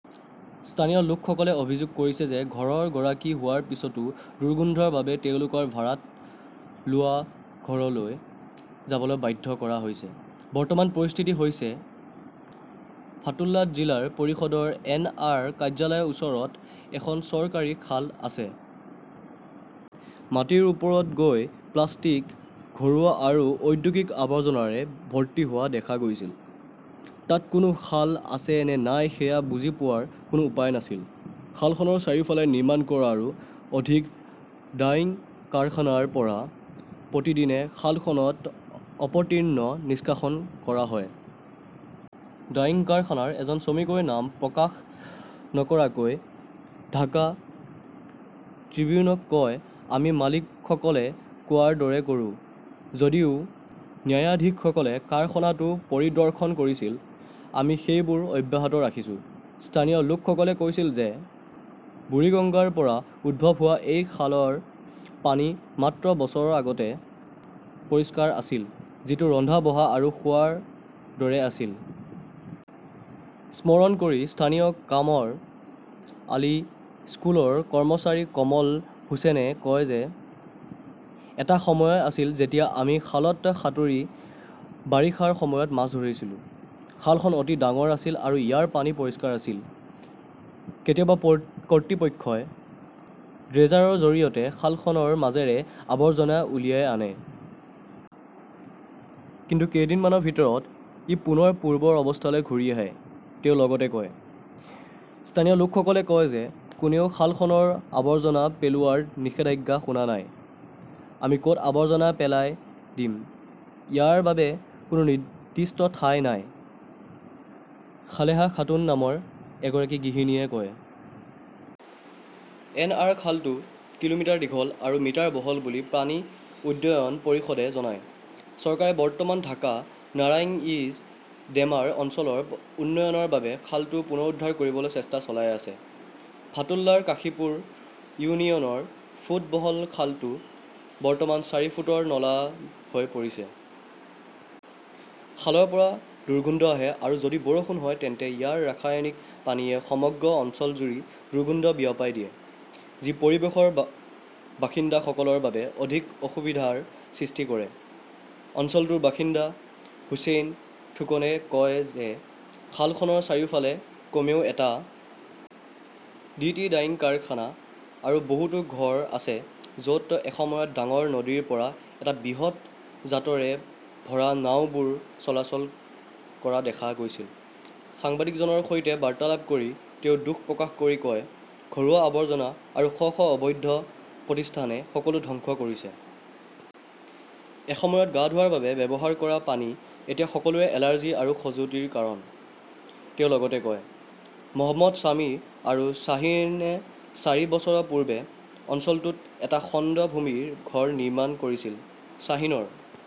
স্থানীয় লোকসকলে অভিযোগ কৰিছে যে ঘৰৰ গৰাকী হোৱাৰ পিছতো দুৰ্গন্ধৰ বাবে তেওঁলোকক ভাড়াত লোৱা ঘৰলৈ যাবলৈ বাধ্য কৰা হৈছে। বৰ্তমানৰ পৰিস্থিতি হৈছে ফাতুল্লাত জিলা পৰিষদৰ এন. আৰ. কাৰ্যালয়ৰ ওচৰত এখন চৰকাৰী খাল আছে। মাটিৰ ওপৰত গৈ প্লাষ্টিক, ঘৰুৱা আৰু ঔদ্যোগিক আৱৰ্জনাৰে ভৰ্তি হোৱা দেখা গৈছিল। তাত কোনো খাল আছে নে নাই সেয়া বুজি পোৱাৰ কোনো উপায় নাছিল। খালখনৰ চাৰিওফালে নিৰ্মাণ কৰা ৰো অধিক ডাইং কাৰখানাৰ পৰা প্ৰতিদিনে খালখনত অপতৃণ নিষ্কাশন কৰা হয়। ডাইং কাৰখানাৰ এজন শ্ৰমিকই নাম প্ৰকাশ নকৰাকৈ ঢাকা ট্ৰিবিউনক কয়, "আমি মালিকসকলে কোৱাৰ দৰে কৰোঁ। যদিও ন্যায়াধীশসকলে কাৰখানাটো পৰিদৰ্শন কৰিছিল, আমি সেইবোৰ অব্যাহত ৰাখিছো। "স্থানীয় লোকসকলে কৈছিল যে বুৰিগঙ্গাৰ পৰা উদ্ভৱ হোৱা এই খালৰ পানী মাত্ৰ বছৰ আগতে পৰিষ্কাৰ আছিল, যিটো ৰন্ধা-বঢ়া আৰু খোৱাৰ দৰে আছিল। স্মৰণ কৰি স্থানীয় কামৰ আলী স্কুলৰ কৰ্মচাৰী কমল হোসেন -এ কয়, "এটা সময় আছিল যেতিয়া আমি খালত সাঁতুৰি বাৰিষাৰ সময়ত মাছ ধৰিছিলো। খালখন অতি ডাঙৰ আছিল আৰু ইয়াৰ পানী পৰিষ্কাৰ আছিল। "" কেতিয়াবা কৰ্তৃপক্ষই ড্ৰেজাৰৰ জৰিয়তে খালৰ মাজেৰে আৱৰ্জনা উলিয়াই আনে। কিন্তু কেইদিনমানৰ ভিতৰতে ই পুনৰ পূৰ্বৰ অৱস্থালৈ ঘূৰি আহে ", তেওঁ লগতে কয়। স্থানীয় লোকসকলে কয় যে কোনেও খালখনত আৱৰ্জনা পেলোৱাৰ নিষেধাজ্ঞা শুনা নাই। "আমি ক" ত আৱৰ্জনা পেলাই দিম? " ইয়াৰ বাবে কোনো নিৰ্দিষ্ট স্থান নাই ", সালেহা খাতুন নামৰ এগৰাকী গৃহিণীয়ে কয়। এন. আৰ. খালটো কিলোমিটাৰ দীঘল আৰু মিটাৰ বহল বুলি পানী উন্নয়ন পৰিষদে জনায়। চৰকাৰে বৰ্তমান ঢাকা-নাৰাংইজ-ডেমৰা অঞ্চলৰ উন্নয়নৰ বাবে খালটো পুনৰুদ্ধাৰ কৰিবলৈ চেষ্টা চলাই আছে। ফাতুল্লাৰ কাশীপুৰ ইউনিয়নৰ ফুট বহল খালটো বৰ্তমান চাৰি ফুটৰ নলা হৈ পৰিছে। খালৰ পৰা দুৰ্গন্ধ আহে আৰু যদি বৰষুণ হয় তেন্তে ইয়াৰ ৰাসায়নিক পানীয়ে সমগ্ৰ অঞ্চলজুৰি দুৰ্গন্ধ বিয়পাই দিয়ে, যি পৰিৱেশৰ বাসিন্দাসকলৰ বাবে অধিক অসুবিধাৰ সৃষ্টি কৰে। অঞ্চলটোৰ বাসিন্দা হোসেন খোকনে কয় যে খালখনৰ চাৰিওফালে কমেও এটা <আই. ডি. টি ডাইং কাৰখানা আৰু বহুতো ঘৰ আছে য 'ত এসময়ত ডাঙৰ নদীৰ পৰা অহা বৃহৎ জাটৰে ভৰা নাওবোৰ চলাচল কৰা দেখা গৈছিল। সাংবাদিকজনৰ সৈতে বাৰ্তালাপ কৰি তেওঁ দুখ প্ৰকাশ কৰি কয়, "ঘৰুৱা আৱৰ্জনা আৰু শ শ অবৈধ প্ৰতিষ্ঠানে সকলো ধ্বংস কৰিছে। " "এসময়ত গা ধোৱাৰ বাবে ব্যৱহাৰ কৰা পানী এতিয়া সকলোৰে এলাৰ্জি আৰু খজুৱতিৰ কাৰণ", তেওঁ লগতে কয়। "মহম্মদ শ্বামীম আৰু শ্বাহীনে চাৰি বছৰ পূৰ্বে অঞ্চলটোত এটা খণ্ড ভূমিত ঘৰ নিৰ্মাণ কৰিছিল। শ্বাহীনৰ